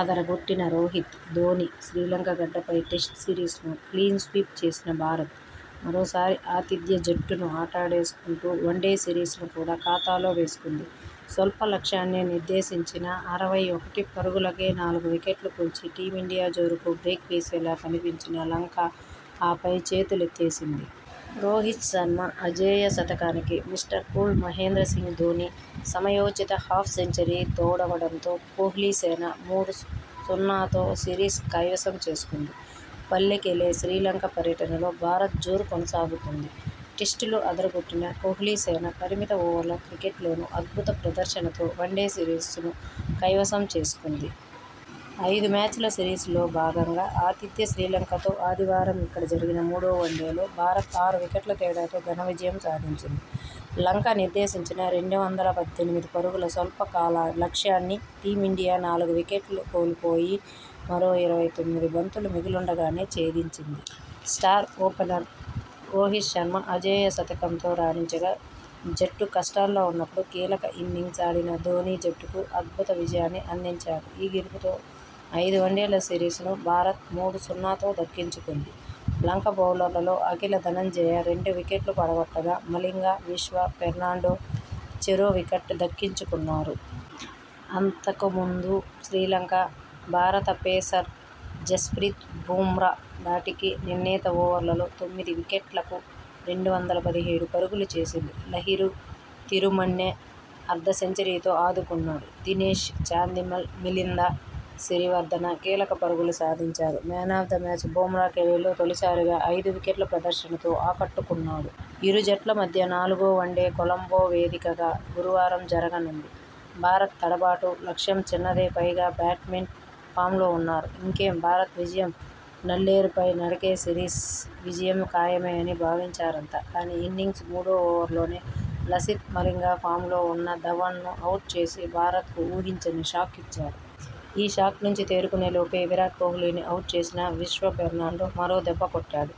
అదరగొట్టిన రోహిత్, ధోనీ. శ్రీలంక గడ్డపై test series ను clean sweep చేసిన భారత్. మరోసారి ఆతిథ్య జట్టును ఆటాడేసుకుంటూ వన్డే సిరీస్ ను కూడా ఖాతాలో వేసుకుంది. స్వల్ప లక్ష్యాన్నే నిర్దేశించినా అరవై ఒకటి పరుగులకే నాలుగు వికెట్లు కూల్చి టీం ఇండియా జోరుకు బ్రేక్ వేసేలా కనిపించిన లంక ఆపై చేతులెత్తేసింది. రోహిత్ శర్మ అజేయ శతకానికి మిస్టర్ కూల్ మహేంద్ర సింగ్ ధోనీ సమయోచిత హాఫ్ సెంచరీ తోడవడంతో కోహ్లీసేన మూడు సున్నాతో సిరీస్ కైవసం చేసుకుంది. పల్లెకెలె శ్రీలంక పర్యటనలో భారత్ జోరు కొనసాగుతోంది. టెస్టులో అదరగొట్టిన కోహ్లీసేన పరిమిత ఓవర్ల క్రికెట్ లోనూ అద్భుత ప్రదర్శనతో వన్డే సిరీస్ ను కైవసం చేసుకుంది. ఐదు మ్యాచ్ల సిరీస్ లో భాగంగా ఆతిథ్య శ్రీలంకతో ఆదివారం ఇక్కడ జరిగిన మూడో వన్డేలో భారత్ ఆరు వికెట్ల తేడాతో ఘన విజయం సాధించింది. లంక నిర్దేశించిన రెండు వందల పద్దెనిమిది పరుగుల స్వల్ప లక్ష్యాన్ని టీం ఇండియా నాలుగు వికెట్లు కోల్పోయి మరో ఇరవై తొమ్మిది బంతులు మిగిలుండగానే ఛేదించింది. స్టార్ ఓపెనర్ రోహిత్ శర్మ అజేయ శతకంతో రాణించగా జట్టు కష్టాల్లో ఉన్నపుడు కీలక ఇన్నింగ్స్ ఆడిన ధోనీ జట్టుకు అద్భుత విజయాన్ని అందించాడు. ఈ గెలుపుతో ఐదు వన్డేల సిరీస్ ను భారత్ మూడు సున్నాతో దక్కించుకుంది. లంక బౌలర్లలో అకిల ధనంజయ రెండు వికెట్లు పడగొట్టగా, మలింగ, విశ్వ ఫెర్నాండో చెరో వికెట్ దక్కించుకున్నారు. అంతకు ముందు శ్రీలంక భారత పేసర్ జస్ప్రీత్ బుమ్రా ధాటికి నిర్ణీత ఓవర్లలో తొమ్మిది వికెట్లకు రెండు వందల పదిహేడు పరుగులు చేసింది. లహిరు తిరిమన్నె అర్ధ సెంచరీతో ఆదుకున్నాడు. దినేష్ చాందిమల్, మిలింద సిరివర్దన కీలక పరుగులు సాధించారు. 'Man of the match' Bumrah కెరీర్లో తొలిసారిగా ఐదు వికెట్ల ప్రదర్శనతో ఆకట్టుకున్నాడు. ఇరు జట్ల మధ్య నాలుగో వన్డే కొలంబో వేదికగా గురువారం జరగనుంది. భారత్ తడబాటు, లక్ష్యం చిన్నదే పైగా బ్యాట్స్మెన్ ఫామ్లో ఉన్నారు. ఇంకేం, భారత్ విజయం నల్లేరుపై నడకే సిరీస్ విజయం ఖాయమే అని భావించారంతా.. కానీ ఇన్నింగ్స్ మూడో ఓవర్ లోనే లసిత్ మలింగ ఫామ్ లో ఉన్న ధవన్ ను అవుట్ చేసి భారత్ కు ఊహించని షాక్ ఇచ్చాడు. ఈ షాక్ నుంచి తేరుకునే లోపే విరాట్ కోహ్లీ ని అవుట్ చేసిన విశ్వ ఫెర్నాండో మరో దెబ్బకొట్టాడు.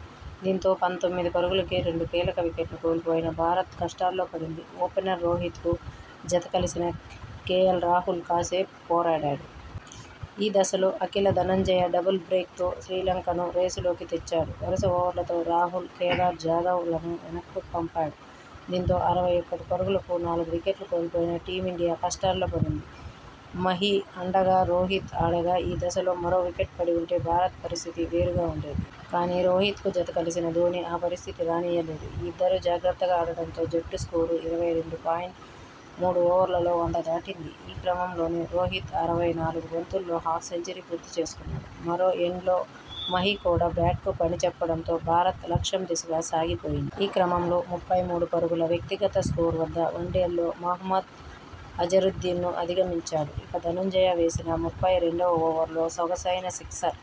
దీంతో పంతొమ్మిది పరుగులకే రెండు కీలక వికెట్లు కోల్పోయిన భారత్ కష్టాల్లో పడింది. ఓపెనర్ రోహిత్ కు జత కలిసిన కేఎల్ రాహుల్ కాసేపు పోరాడాడు. ఈ దశలో అకిల ధనంజయ డబుల్ బ్రేక్ తో శ్రీలంకను రేసులోకి తెచ్చాడు. వరుస ఓవర్లలో రాహుల్, కేదార్ జాదవ్ లను వెనక్కు పంపాడు. దీంతో అరవై ఒకటి పరుగులకే నాలుగు వికెట్లు కోల్పోయిన టీం ఇండియా కష్టాల్లో పడింది. మహీ అండగా రోహిత్ ఆడగా ఈ దశలో మరో వికెట్ పడి ఉంటే భారత్ పరిస్థితి వేరుగా ఉండేది. కానీ, రోహిత్ కు జతకలిసిన ధోనీ ఆ పరిస్థితి రానీయలేదు. ఈ ఇద్దరూ జాగ్రత్తగా ఆడడంతో జట్టు స్కోరు ఇరవై రెండు పాయింట్ మూడు ఓవర్లలో వంద దాటింది. ఈ క్రమంలోనే రోహిత్ అరవై నాలుగు బంతుల్లో హాఫ్ సెంచరీ పూర్తి చేసుకున్నాడు. మరో ఎండ్ లో మహీ కూడా బ్యాట్ కు పనిచెప్పడంతో భారత్ లక్ష్యం దిశగా సాగిపోయింది. ఈ క్రమంలో ముప్పై మూడు పరుగుల వ్యక్తిగత స్కోరు వద్ద వన్డేల్లో మహ్మద్ అ జరుద్దీన్ ను అధిగమించాడు. ఇక ధనంజయ వేసిన ముప్పై రెండువ ఓవర్లో సొగసైన సిక్సర్